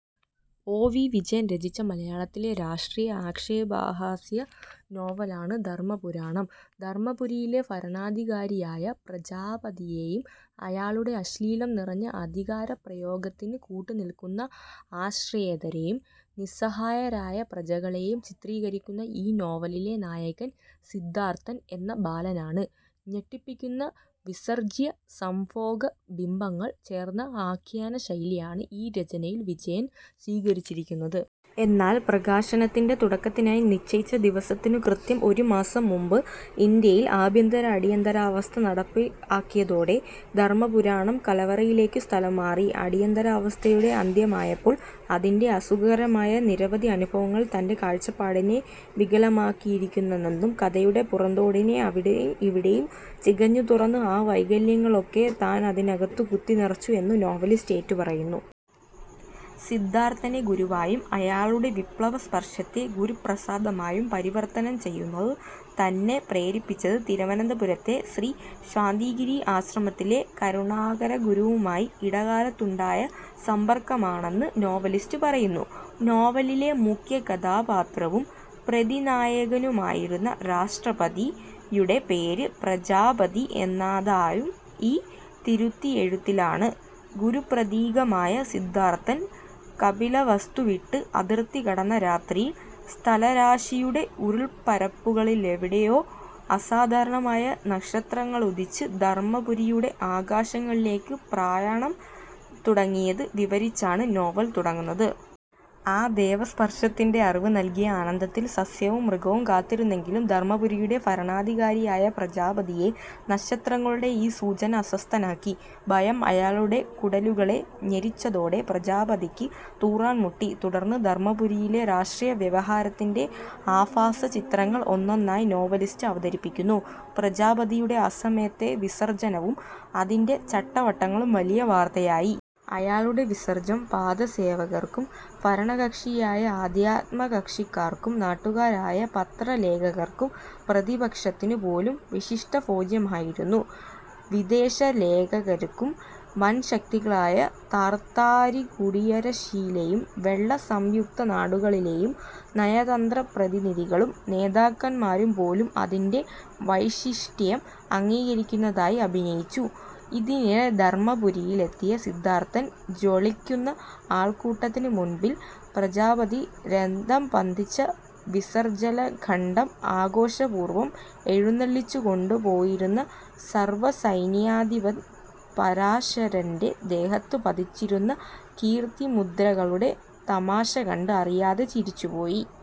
O. V. Vijayan രചിച്ച മലയാളത്തിലെ രാഷ്ട്രീയ ആക്ഷേപഹാസ്യ നോവൽ ആണ് ധർമ്മപുരാണം. ധർമ്മപുരിയിലെ ഭരണാധികാരിയായ പ്രജാപതിയെയും അയാളുടെ അശ്ലീലം നിറഞ്ഞ അധികാരപ്രയോഗത്തിന് കൂട്ടുനിൽക്കുന്ന ആശ്രിതരേയും നിസ്സഹായരായ പ്രജകളെയും ചിത്രീകരിക്കുന്ന ഈ നോവലിലെ നായകൻ സിദ്ധാർത്ഥൻ എന്ന ബാലനാണ്. ഞെട്ടിപ്പിക്കുന്ന വിസർജ്ജ്യ, സംഭോഗ ബിംബങ്ങൾ ചേർന്ന ആഖ്യാന ശൈലിയാണ് ഈ രചനയിൽ വിജയൻ സ്വീകരിച്ചിരിക്കുന്നത്. എന്നാൽ പ്രകാശനത്തിന്റെ തുടക്കത്തിനായി നിശ്ചയിച്ച ദിവസത്തിനു കൃത്യം ഒരു മാസം മുൻപ് ഇൻഡ്യയിൽ ആഭ്യന്തര അടിയന്തരാവസ്ഥ നടപ്പാക്കിയതോടെ "ധർമ്മപുരാണം, കലവറയിലേയ്ക്കു സ്ഥലം മാറി". അടിയന്തരാവസ്ഥയുടെ അന്ത്യമായപ്പോൾ, അതിന്റെ അസുഖകരമായ നിരവധി അനുഭവങ്ങൾ തന്റെ കാഴ്ചപ്പാടിനെ വികലമാക്കിയിരുന്നെന്നും, കഥയുടെ പുറംതോടിനെ അവിടെയും ഇവിടെയും ചികഞ്ഞു തുറന്ന് ആ വൈകല്യങ്ങളെയൊക്കെ താൻ അതിനകത്തു കുത്തി നിറച്ചു എന്നും നോവലിസ്റ്റ് ഏറ്റു പറയുന്നു. സിദ്ധാർത്ഥനെ ഗുരുവായും അയാളുടെ വിപ്ലവസ്പർശത്തെ ഗുരുപ്രസാദമായും പരിവർത്തനം ചെയ്യുന്നതിനു തന്നെ പ്രേരിപ്പിച്ചത്, തിരുവനന്തപുരത്തെ ശ്രീശാന്തിഗിരി ആശ്രമത്തിലെ കരുണാകരഗുരുവുമായി ഇടക്കാലത്തുണ്ടായ സമ്പർക്കമാണെന്ന് നോവലിസ്റ്റ് പറയുന്നു. നോവലിലെ മുഖ്യകഥാപാത്രവും പ്രതിനായകനുമായിരുന്ന "രാഷ്ട്രപതി"-യുടെ പേര് "പ്രജാപതി" എന്നായതും ഈ തിരുത്തിയെഴുത്തിലാണ്. ഗുരുപ്രതീകമായ സിദ്ധാർത്ഥൻ കപിലവസ്തു വിട്ട് അതിർത്തി കടന്ന രാത്രിയിൽ, "സ്ഥലരാശിയുടെ ഇരുൾപ്പരപ്പുകളിലെവിടെയോ അസാധാരണമായ നക്ഷത്രങ്ങളുദിച്ച്" ധർമ്മപുരിയുടെ ആകാശങ്ങളിലേയ്ക്ക് പ്രയാണം തുടങ്ങുന്നത് വിവരിച്ചാണ് നോവൽ തുടങ്ങുന്നത്. ആ ദേവസ്പർശത്തിന്റെ അറിവ് നൽകിയ ആനന്ദത്തിൽ സസ്യവും മൃഗവും കാത്തിരുന്നെങ്കിലും ധർമ്മപുരിയുടെ ഭരണാധികാരിയായ പ്രജാപതിയെ നക്ഷത്രങ്ങളുടെ ഈ സൂചന അസ്വസ്ഥനാക്കി. ഭയം അയാളുടെ കുടലുകളെ ഞെരിച്ചതോടെ "പ്രജാപതിയ്ക്ക് തൂറാൻ മുട്ടി". തുടന്ന് ധർമ്മപുരിയിലെ രാഷ്ട്രവ്യവഹാരത്തിന്റെ ആഭാസചിത്രങ്ങൾ ഒന്നൊന്നായി നോവലിസ്റ്റ് അവതരിപ്പിക്കുന്നു. പ്രജാപതിയുടെ അസമയത്തെ വിസർജ്ജനവും അതിന്റെ ചട്ടവട്ടങ്ങളും വലിയ വാർത്തയായി. അയാളുടെ വിസർജ്ജ്യം പാദസേവകർക്കും, ഭരണകക്ഷിയായ ആധ്യാത്മകക്ഷിക്കാർക്കും, നാട്ടുകാരായ പത്രലേഖകർക്കും, പ്രതിപക്ഷത്തിനും പോലും വിശിഷ്ടഭോജ്യമായിരുന്നു. വിദേശലേഖകരും, വൻശക്തികളായ താർത്താരിക്കുടിയരശിലേയും വെള്ള സംയുക്തനാടുകളിലേയും നയതന്ത്രപ്രതിനിധികളും നേതാക്കന്മാരും പോലും അതിന്റെ വൈശിഷ്ട്യം അംഗീകരിക്കുന്നതായി അഭിനയിച്ചു. ഇതിനിടെ ധർമ്മപുരിയിലെത്തിയ സിദ്ധാർത്ഥൻ, ജയ്വിളിക്കുന്ന അൾകൂട്ടത്തിനു മുൻപിൽ പ്രജാപതിയുടെ രത്നം പതിച്ച വിസർജ്ജ്യഘണ്ഡം ആഘോഷപൂർവം എഴുന്നെള്ളിച്ചുകൊണ്ടുപോയിരുന്ന സർവസൈന്യാധിപൻ പരാശരന്റെ ദേഹത്ത് പതിച്ചിരുന്ന കീർത്തിമുദ്രകളുടെ തമാശ കണ്ട് അറിയാതെ ചിരിച്ചുപോയി.